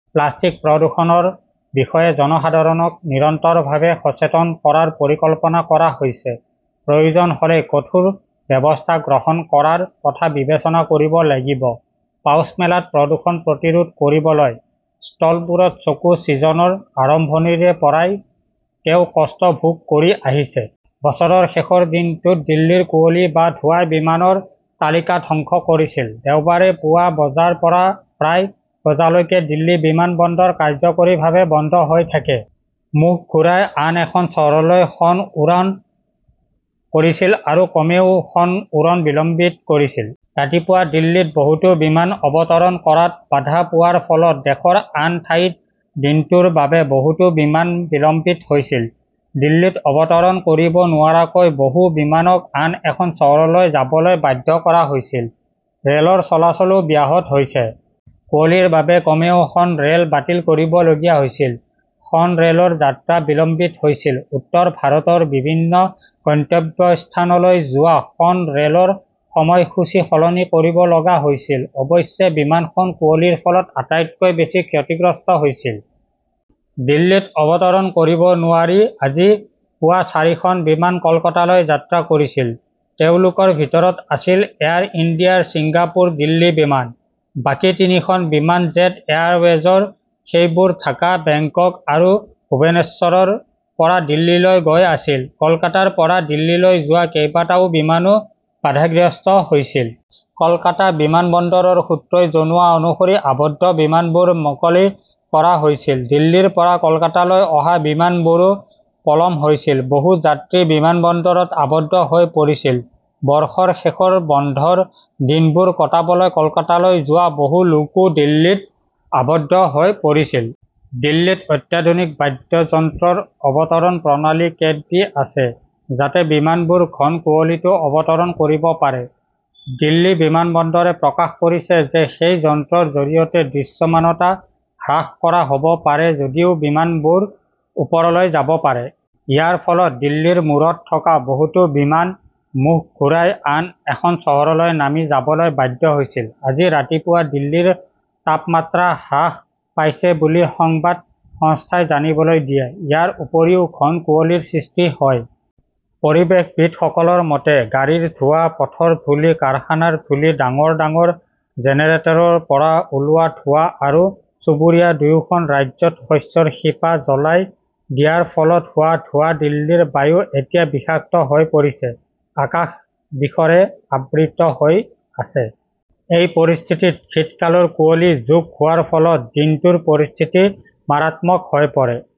Plastic প্ৰদূষণৰ বিষয়ে জনসাধাৰণক নিৰন্তৰভাৱে সচেতন কৰাৰ পৰিকল্পনা কৰা হৈছে। প্ৰয়োজন হলে কঠোৰ ব্যৱস্থা গ্ৰহণ কৰাৰ কথা বিবেচনা কৰিব লাগিব, পাউচমেলাত প্ৰদূষণ প্ৰতিৰোধ কৰিবলৈ ষ্টলবোৰত চকু ছিজনৰ আৰম্ভণিৰে পৰাই তেওঁ কষ্ট ভোগ কৰি আহিছে। বছৰৰ শেষৰ দিনটোত দিল্লীৰ কুঁৱলী বা ধোঁৱাই বিমানৰ তালিকা ধ্বংস কৰিছিল। দেওবাৰে পুৱা বজাৰ পৰা প্ৰায় বজালৈকে দিল্লী বিমানবন্দৰ কাৰ্যকৰীভাৱে বন্ধ হৈ থাকে। মুখ ঘূৰাই আন এখন চহৰলৈ খন উৰণ কৰিছিল আৰু কমেও খন উৰণ বিলম্বিত কৰিছিল। ৰাতিপুৱা দিল্লীত বহুতো বিমান অৱতৰণ কৰাত বাধা পোৱাৰ ফলত দেশৰ আন ঠাইত দিনটোৰ বাবে বহুতো বিমান বিলম্বিত হৈছিল। দিল্লীত অৱতৰণ কৰিব নোৱাৰাকৈ বহু বিমানক আন এখন চহৰলৈ যাবলৈ বাধ্য কৰা হৈছিল। ৰেলৰ চলাচলও ব্যাহত হৈছে। কুঁৱলীৰ বাবে কমেও খন ৰেল বাতিল কৰিবলগীয়া হৈছিল। খন ৰেলৰ যাত্ৰা বিলম্বিত হৈছিল। উত্তৰ ভাৰতৰ বিভিন্ন গন্তব্যস্থানলৈ যোৱা খন ৰেলৰ সময়সূচী সলনি কৰিব লগা হৈছিল। অৱশ্যে, বিমানখন কুঁৱলীৰ ফলত আটাইতকৈ বেছি ক্ষতিগ্ৰস্ত হৈছিল। দিল্লীত অৱতৰণ কৰিব নোৱাৰি, আজি পুৱা চাৰিখন বিমান কলকাতালৈ যাত্ৰা কৰিছিল। তেওঁলোকৰ ভিতৰত আছিল এয়াৰ ইণ্ডিয়াৰ ছিংগাপুৰ-দিল্লী বিমান। বাকী তিনিখন বিমান জেট এয়াৰৱেজৰ, সেইবোৰ ঢাকা, বেংকক আৰু ভুৱনেশ্বৰৰ পৰা দিল্লীলৈ গৈ আছিল। কলকাতাৰ পৰা দিল্লীলৈ যোৱা কেইবাটাও বিমানো বাধাগ্ৰস্ত হৈছিল। কলকাতা বিমানবন্দৰৰ সূত্ৰই জনোৱা অনুসৰি, আবদ্ধ বিমানবোৰ মুকলি কৰা হৈছিল। দিল্লীৰ পৰা কলকাতালৈ অহা বিমানবোৰো পলম হৈছিল। বহু যাত্ৰী বিমানবন্দৰত আবদ্ধ হৈ পৰিছিল। বৰ্ষৰ শেষৰ বন্ধৰ দিনবোৰ কটাবলৈ কলকাতালৈ যোৱা বহু লোকও দিল্লীত আবদ্ধ হৈ পৰিছিল। দিল্লীত অত্যাধুনিক বাদ্যযন্ত্ৰৰ অৱতৰণ প্ৰণালী কেট -বি আছে, যাতে বিমানবোৰ ঘন কুঁৱলীতো অৱতৰণ কৰিব পাৰে। দিল্লী বিমানবন্দৰে প্ৰকাশ কৰিছে যে সেই যন্ত্ৰৰ জৰিয়তে দৃশ্যমানতা হ্ৰাস কৰা হ 'ব পাৰে যদিও বিমানবোৰ ওপৰলৈ যাব পাৰে। ইয়াৰ ফলত দিল্লীৰ মূৰত থকা বহুতো বিমান মুখ ঘূৰাই আন এখন চহৰলৈ নামি যাবলৈ বাধ্য হৈছিল। আজি ৰাতিপুৱা দিল্লীৰ তাপমাত্ৰা হ্ৰাস পাইছে বুলি সংবাদ সংস্থাই জানিবলৈ দিয়ে। ইয়াৰ উপৰিও ঘন কুঁৱলীৰ সৃষ্টি হয়। পৰিৱেশবিদসকলৰ মতে, গাড়ীৰ ধোঁৱা, পথৰ ধূলি, কাৰখানাৰ ধূলি, ডাঙৰ ডাঙৰ জেনেৰেটৰৰ পৰা ওলোৱা ধোঁৱা আৰু চুবুৰীয়া দুয়োখন ৰাজ্যত শস্যৰ শিপা জ্বলাই দিয়াৰ ফলত হোৱা ধোঁৱা-দিল্লীৰ বায়ু এতিয়া বিষাক্ত হৈ পৰিছে। আকাশ বিষৰে আবৃত হৈ আছে। এই পৰিস্থিতিত শীতকালৰ কুঁৱলী যোগ হোৱাৰ ফলত দিনটোৰ পৰিস্থিতি মাৰাত্মক হৈ পৰে।